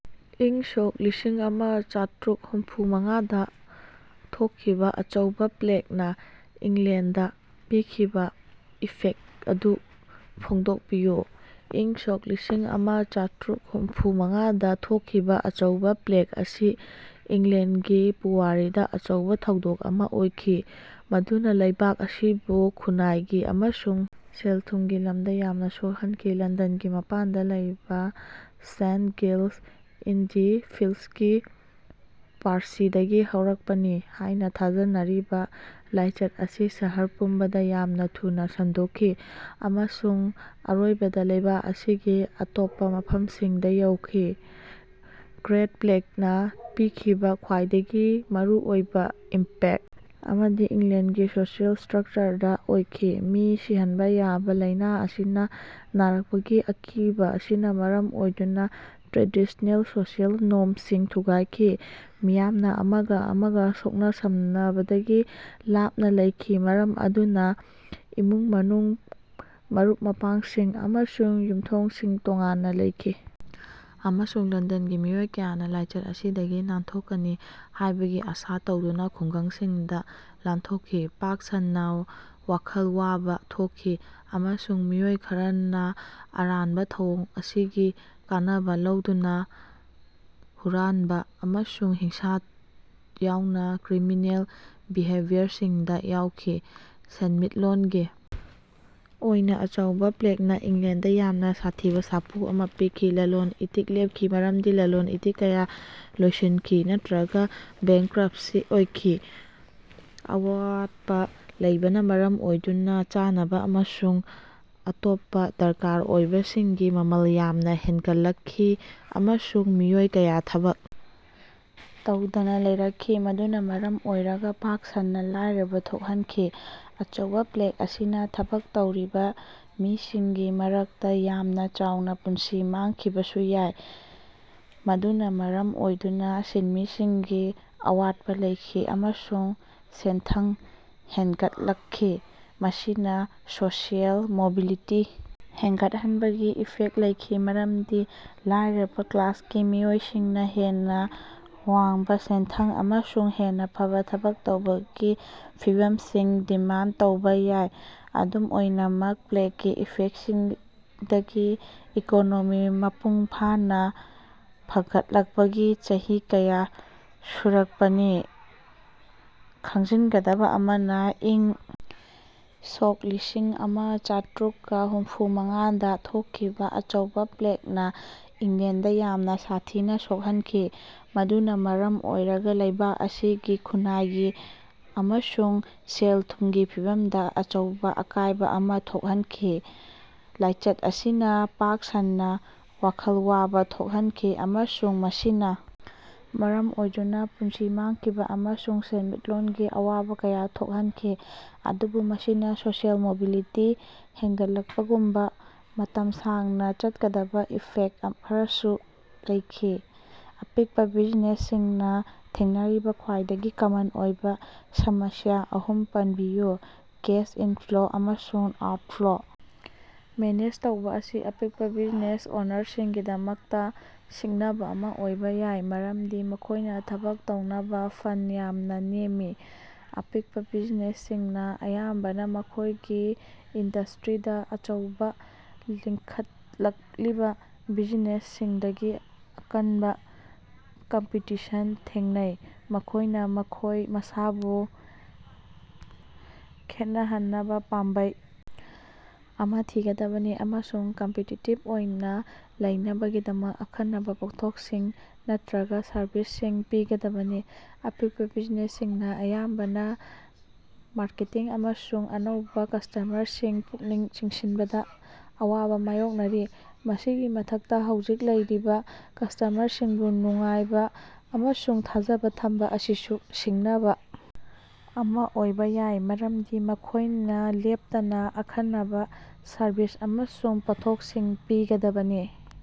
ꯏꯪ ꯁꯣꯛ ꯂꯤꯁꯤꯡꯑꯃꯥ ꯆꯥꯇ꯭ꯔꯨꯛ ꯍꯨꯝꯐꯨꯃꯉꯥꯗꯥ ꯊꯣꯛꯈꯤꯕꯥ ꯑꯆꯧꯕꯥ ꯄ꯭ꯂꯦꯛꯅꯥ ꯏꯪꯂꯦꯟꯗꯥ ꯄꯤꯈꯤꯕꯥ ꯏꯐꯦꯛꯇ ꯑꯗꯨ ꯐꯣꯡꯗꯣꯛꯄꯤꯌꯨ꯫ ꯏꯪ ꯁꯣꯛ ꯂꯤꯁꯤꯡꯑꯃꯥ ꯆꯥꯇ꯭ꯔꯨꯛ ꯍꯨꯝꯐꯨꯃꯉꯥꯗꯥ ꯊꯣꯛꯈꯤꯕꯥ ꯑꯆꯧꯕꯥ ꯄ꯭ꯂꯦꯛ ꯑꯁꯤ ꯏꯪꯂꯦꯟꯒꯤ ꯄꯨꯋꯥꯔꯤꯗꯥ ꯑꯆꯧꯕꯥ ꯊꯧꯗꯣꯛ ꯑꯃꯥ ꯑꯣꯏꯈꯤ, ꯃꯗꯨꯅꯥ ꯂꯩꯕꯥꯛ ꯑꯁꯤꯕꯨ ꯈꯨꯟꯅꯥꯏꯒꯤ ꯑꯃꯁꯨꯡ ꯁꯦꯜ-ꯊꯨꯝꯒꯤ ꯂꯝꯗꯥ ꯌꯥꯝꯅꯥ ꯁꯣꯛꯍꯟꯈꯤ꯫ ꯂꯟꯗꯟꯒꯤ ꯃꯄꯥꯟꯗꯥ ꯂꯩꯕꯥ ꯁꯦꯟꯇ ꯒꯤꯜꯁ-ꯏꯟ-ꯗꯤ-ꯐꯤꯜꯁꯀꯤ ꯄꯥꯔꯁꯤꯗꯒꯤ ꯍꯧꯔꯛꯄꯅꯤ ꯍꯥꯏꯅꯥ ꯊꯥꯖꯅꯔꯤꯕꯥ ꯂꯥꯏꯆꯠ ꯑꯁꯤ ꯁꯍꯔ ꯄꯨꯝꯕꯗꯥ ꯌꯥꯝꯅꯥ ꯊꯨꯅꯥ ꯁꯟꯗꯣꯛꯈꯤ ꯑꯃꯁꯨꯡ ꯑꯔꯣꯏꯕꯗꯥ ꯂꯩꯕꯥꯛ ꯑꯁꯤꯒꯤ ꯑꯇꯣꯞꯄꯥ ꯃꯐꯝꯁꯤꯡꯗꯥ ꯌꯧꯈꯤ꯫ ꯒ꯭ꯔꯦꯠ ꯄ꯭ꯂꯦꯛꯅꯥ ꯄꯤꯈꯤꯕꯥ ꯈ꯭ꯋꯥꯏꯗꯒꯤ ꯃꯔꯨꯑꯣꯏꯕꯥ ꯏꯝꯄꯦꯛ ꯑꯃꯗꯤ ꯏꯪꯂꯦꯟꯒꯤ ꯁꯣꯁꯤꯑꯦꯜ ꯏꯁꯇ꯭ꯔꯛꯆꯔꯗꯥ ꯑꯣꯏꯈꯤ꯫ ꯃꯤ ꯁꯤꯍꯟꯕꯥ ꯌꯥꯕ ꯂꯥꯏꯅꯥ ꯑꯁꯤꯅꯥ ꯅꯥꯔꯛꯄꯒꯤ ꯑꯀꯤꯕꯥ ꯑꯁꯤꯅꯥ ꯃꯔꯝ ꯑꯣꯏꯗꯨꯅꯥ ꯇ꯭ꯔꯦꯗꯤꯁꯅꯦꯜ ꯁꯣꯁꯤꯑꯦꯜ ꯅꯣꯔꯝꯁꯤꯡ ꯊꯨꯒꯥꯏꯈꯤ꯫ ꯃꯤꯌꯥꯝꯅꯥ ꯑꯃꯒꯥ ꯑꯃꯒꯥ ꯁꯣꯛꯅ-ꯁꯝꯅꯕꯗꯒꯤ ꯂꯥꯞꯅꯥ ꯂꯩꯈꯤ, ꯃꯔꯝ ꯑꯗꯨꯅꯥ ꯏꯃꯨꯡ-ꯃꯅꯨꯡ, ꯃꯔꯨꯞ-ꯃꯄꯥꯡꯁꯤꯡ ꯑꯃꯁꯨꯡ ꯌꯨꯝꯊꯣꯡꯁꯤꯡ ꯇꯣꯉꯥꯟꯅꯥ ꯂꯩꯈꯤ ꯑꯃꯁꯨꯡ ꯂꯟꯗꯟꯒꯤ ꯃꯤꯑꯣꯏ ꯀꯌꯥꯅꯥ ꯂꯥꯏꯆꯠ ꯑꯁꯤꯗꯒꯤ ꯅꯥꯟꯊꯣꯛꯀꯅꯤ ꯍꯥꯏꯕꯒꯤ ꯑꯥꯁꯥ ꯇꯧꯗꯨꯅꯥ ꯈꯨꯡꯒꯪꯁꯤꯡꯗꯥ ꯂꯥꯟꯊꯣꯛꯈꯤ꯫ ꯄꯥꯛ ꯁꯟꯅꯥ ꯋꯥꯈꯜ ꯋꯥꯕꯥ ꯊꯣꯛꯈꯤ ꯑꯃꯁꯨꯡ ꯃꯤꯑꯣꯏ ꯈꯔꯅꯥ ꯑꯔꯥꯟꯕꯥ ꯊꯧꯑꯣꯡ ꯑꯁꯤꯒꯤ ꯀꯥꯟꯅꯕꯥ ꯂꯧꯗꯨꯅꯥ ꯍꯨꯔꯥꯟꯕꯥ ꯑꯃꯁꯨꯡ ꯍꯤꯡꯁꯥ ꯌꯥꯎꯅꯥ ꯀ꯭ꯔꯤꯃꯤꯅꯦꯜ ꯕꯤꯍꯦꯕꯤꯌꯔꯁꯤꯡꯗꯥ ꯌꯥꯎꯈꯤ꯫ ꯁꯦꯟꯃꯤꯠꯂꯣꯟꯒꯤ ꯑꯣꯏꯅꯥ ꯑꯆꯧꯕꯥ ꯄ꯭ꯂꯦꯛꯅꯥ ꯏꯪꯂꯦꯟꯗꯗꯥ ꯌꯥꯝꯅꯥ ꯁꯥꯊꯤꯕꯥ ꯁꯥꯐꯨ ꯑꯃꯥ ꯄꯤꯈꯤ꯫ ꯂꯂꯣꯟ-ꯏꯇꯤꯛ ꯂꯦꯞꯈꯤ, ꯃꯔꯝꯗꯤ ꯂꯂꯣꯟ-ꯏꯇꯤꯛ ꯀꯌꯥ ꯂꯣꯏꯁꯤꯟꯈꯤ ꯅꯠꯇ꯭ꯔꯒꯥ ꯕꯦꯡꯀ꯭ꯔꯞꯁꯤ ꯑꯣꯏꯈꯤ꯫ ꯑꯋꯥꯠꯄꯥ ꯂꯩꯕꯅꯥ ꯃꯔꯝ ꯑꯣꯏꯗꯨꯅꯥ ꯆꯥꯅꯕꯥ ꯑꯃꯁꯨꯡ ꯑꯇꯣꯞꯄꯥ ꯗꯔꯀꯥꯔ ꯑꯣꯏꯕꯁꯤꯡꯒꯤ ꯃꯃꯜ ꯌꯥꯝꯅꯥ ꯍꯦꯟꯒꯠꯂꯛꯈꯤꯑꯃꯁꯨꯡ ꯃꯤꯑꯣꯏ ꯀꯌꯥ ꯊꯕꯛ ꯇꯧꯗꯅꯥ ꯂꯩꯔꯛꯈꯤ, ꯃꯗꯨꯅꯥ ꯃꯔꯝ ꯑꯣꯏꯔꯒꯥ ꯄꯥꯛ ꯁꯟꯅꯥ ꯂꯥꯏꯔꯕꯥ ꯊꯣꯛꯍꯟꯈꯤ꯫ ꯑꯆꯧꯕꯥ ꯄ꯭ꯂꯦꯛ ꯑꯁꯤꯅꯥ ꯊꯕꯛ ꯇꯧꯔꯤꯕꯥ ꯃꯤꯁꯤꯡꯒꯤ ꯃꯔꯛꯇꯥ ꯌꯥꯝꯅꯥ ꯆꯥꯎꯅꯥ ꯄꯨꯟꯁꯤ ꯃꯥꯡꯈꯤꯕꯁꯨ ꯌꯥꯏ, ꯃꯗꯨꯅꯥ ꯃꯔꯝ ꯑꯣꯏꯗꯨꯅꯥ ꯁꯤꯟꯃꯤꯁꯤꯡꯒꯤ ꯑꯋꯥꯠꯄꯥ ꯂꯩꯈꯤ ꯑꯃꯁꯨꯡ ꯁꯦꯟꯊꯪ ꯍꯦꯟꯒꯠꯂꯛꯈꯤ꯫ ꯃꯁꯤꯅꯥ ꯁꯣꯁꯤꯑꯦꯜ ꯃꯣꯕꯤꯂꯤꯇꯤ ꯍꯦꯟꯒꯠꯍꯟꯕꯒꯤ ꯏꯐꯦꯛ ꯂꯩꯈꯤ, ꯃꯔꯝꯗꯤ ꯂꯣꯏꯔꯕꯥ ꯀ꯭ꯂꯥꯁꯀꯤ ꯃꯤꯑꯣꯏꯁꯤꯡꯅꯥ ꯍꯦꯟꯅꯥ ꯋꯥꯡꯕꯥ ꯁꯦꯟꯊꯪ ꯑꯃꯁꯨꯡ ꯍꯦꯟꯅꯥ ꯐꯕꯥ ꯊꯕꯛ ꯇꯧꯕꯒꯤ ꯐꯤꯚꯝꯁꯤꯡ ꯗꯤꯃꯥꯟꯗ ꯇꯧꯕꯥ ꯌꯥꯏ꯫ ꯑꯗꯨꯝ ꯑꯣꯏꯅꯃꯛ, ꯄ꯭ꯂꯦꯛꯀꯤ ꯏꯐꯦꯛꯁꯤꯡꯗꯒꯤ ꯏꯀꯣꯅꯣꯃꯤ ꯃꯄꯨꯡ ꯐꯥꯅꯥ ꯐꯒꯠꯂꯛꯄꯒꯤ ꯆꯍꯤ ꯀꯌꯥ ꯁꯨꯔꯛꯄꯅꯤ꯫ ꯈꯪꯖꯤꯟꯒꯗꯕꯥ ꯑꯃꯅꯥ, ꯏꯪ ꯁꯣꯛ ꯂꯤꯁꯤꯡꯑꯃꯥ ꯆꯥꯇ꯭ꯔꯨꯛ ꯍꯨꯝꯐꯨꯃꯉꯥꯗꯥ ꯊꯣꯛꯈꯤꯕꯥ ꯑꯆꯧꯕꯥ ꯄ꯭ꯂꯦꯛꯅꯥ ꯏꯪꯂꯦꯟꯗꯥ ꯌꯥꯝꯅꯥ ꯁꯥꯊꯤꯅꯥ ꯁꯣꯛꯍꯟꯈꯤ, ꯃꯗꯨꯅꯥ ꯃꯔꯝ ꯑꯣꯏꯔꯒꯥ ꯂꯩꯕꯥꯛ ꯑꯁꯤꯒꯤ ꯈꯨꯟꯅꯥꯏꯒꯤ ꯑꯃꯁꯨꯡ ꯁꯦꯜ-ꯊꯨꯝꯒꯤ ꯐꯤꯚꯝꯗꯥ ꯑꯆꯧꯕꯥ ꯑꯀꯥꯏꯕꯥ ꯑꯃꯥ ꯊꯣꯛꯍꯟꯈꯤ꯫ ꯂꯥꯏꯆꯠ ꯑꯁꯤꯅꯥ ꯄꯥꯛ ꯁꯟꯅꯥ ꯋꯥꯈꯜ ꯋꯥꯕꯥ ꯊꯣꯛꯍꯟꯈꯤ ꯑꯃꯁꯨꯡ ꯃꯁꯤꯅꯥ ꯃꯔꯝ ꯑꯣꯏꯗꯨꯅꯥ ꯄꯨꯟꯁꯤ ꯃꯥꯡꯈꯤꯕꯥ ꯑꯃꯁꯨꯡ ꯁꯦꯟꯃꯤꯠꯂꯣꯟꯒꯤ ꯑꯋꯥꯕꯥ ꯀꯌꯥ ꯊꯣꯛꯍꯟꯈꯤ, ꯑꯗꯨꯕꯨ ꯃꯁꯤꯅꯥ ꯁꯣꯁꯤꯑꯦꯜ ꯃꯣꯕꯤꯂꯤꯇꯤ ꯍꯦꯟꯒꯠꯂꯛꯄꯒꯨꯝꯕꯥ ꯃꯇꯝ ꯁꯥꯡꯅꯥ ꯆꯠꯀꯗꯕꯥ ꯏꯐꯦꯛꯇ ꯈꯔꯁꯨ ꯂꯩꯈꯤ꯫ ꯑꯄꯤꯛꯄꯥ ꯕꯤꯖꯤꯅꯦꯁꯁꯤꯡꯅꯥ ꯊꯦꯡꯅꯔꯤꯕꯥ ꯈ꯭ꯋꯥꯏꯗꯒꯤ ꯀꯃꯟ ꯑꯣꯏꯕꯥ ꯁꯃꯁ꯭ꯌꯥ ꯑꯍꯨꯝ ꯄꯟꯕꯤꯌꯨ꯫ ꯀꯦꯁ ꯏꯟꯐ꯭ꯂꯣ ꯑꯃꯁꯨꯡ ꯑꯥꯎꯠꯐ꯭ꯂꯣ ꯃꯦꯅꯦꯖ ꯇꯧꯕꯥ ꯑꯁꯤ ꯑꯄꯤꯛꯄꯥ ꯕꯤꯖꯤꯅꯦꯁ ꯑꯣꯅꯔꯁꯤꯡꯒꯤꯗꯃꯛꯇꯥ ꯁꯤꯡꯅꯕꯥ ꯑꯃꯥ ꯑꯣꯏꯕꯥ ꯌꯥꯏ ꯃꯔꯝꯗꯤ ꯃꯈꯣꯏꯅꯥ ꯊꯕꯛ ꯇꯧꯅꯕꯥ ꯐꯟ ꯌꯥꯝꯅꯥ ꯅꯦꯝꯃꯤ꯫ ꯑꯄꯤꯛꯄꯥ ꯕꯤꯖꯤꯅꯦꯁꯁꯤꯡꯅꯥ ꯑꯌꯥꯝꯕꯅꯥ ꯃꯈꯣꯏꯒꯤ ꯏꯟꯗꯁꯇ꯭ꯔꯤꯗꯥ ꯑꯆꯧꯕꯥ, ꯂꯤꯡꯈꯠꯂꯛꯂꯤꯕꯥ ꯕꯤꯖꯤꯅꯦꯁꯁꯤꯡꯗꯒꯤ ꯑꯀꯟꯕꯥ ꯀꯝꯄꯤꯇꯤꯁꯟ ꯊꯦꯡꯅꯩ꯫ ꯃꯈꯣꯏꯅꯥ ꯃꯈꯣꯏ ꯃꯁꯥꯕꯨ ꯈꯦꯠꯅꯍꯟꯅꯕꯥ ꯄꯥꯝꯕꯩ ꯑꯃꯥ ꯊꯤꯒꯗꯕꯅꯤ ꯑꯃꯁꯨꯡ ꯀꯝꯄꯤꯇꯤꯇꯤꯞ ꯑꯣꯏꯅꯥ ꯂꯩꯅꯕꯒꯤꯗꯃꯛ ꯑꯈꯟꯅꯕꯥ ꯄꯣꯠꯊꯣꯛꯁꯤꯡ ꯅꯠꯇ꯭ꯔꯒꯥ ꯁꯔꯕꯤꯁꯁꯤꯡ ꯄꯤꯒꯗꯕꯅꯤ꯫ ꯑꯄꯤꯛꯄꯥ ꯕꯤꯖꯤꯅꯦꯁꯁꯤꯡꯅꯥ ꯑꯌꯥꯝꯕꯅꯥ ꯃꯥꯔꯀꯦꯇꯤꯡ ꯑꯃꯁꯨꯡ ꯑꯅꯧꯕꯥ ꯀꯁꯇꯃꯔꯁꯤꯡ ꯄꯨꯛꯅꯤꯡ ꯆꯤꯡꯁꯤꯟꯕꯗꯥ ꯑꯋꯥꯕꯥ ꯃꯥꯌꯣꯛꯅꯔꯤ꯫ ꯃꯁꯤꯒꯤ ꯃꯊꯛꯇꯥ, ꯍꯧꯖꯤꯛ ꯂꯩꯔꯤꯕꯥ ꯀꯁꯇ꯭ꯃꯔꯁꯤꯡꯕꯨ ꯅꯨꯡꯉꯥꯏꯕꯥ ꯑꯃꯁꯨꯡ ꯊꯥꯖꯕꯥ ꯊꯝꯕꯥ ꯑꯁꯤꯁꯨ ꯁꯤꯡꯅꯕꯥ ꯑꯃꯥ ꯑꯣꯏꯕꯥ ꯌꯥꯏ, ꯃꯔꯝꯗꯤ ꯃꯈꯣꯏꯅꯥ ꯂꯦꯞꯇꯅꯥ ꯑꯈꯟꯅꯕꯥ ꯁꯔꯚꯤꯁ ꯑꯃꯁꯨꯡ ꯄꯣꯠꯊꯣꯛꯁꯤꯡ ꯄꯤꯒꯗꯕꯅꯤ꯫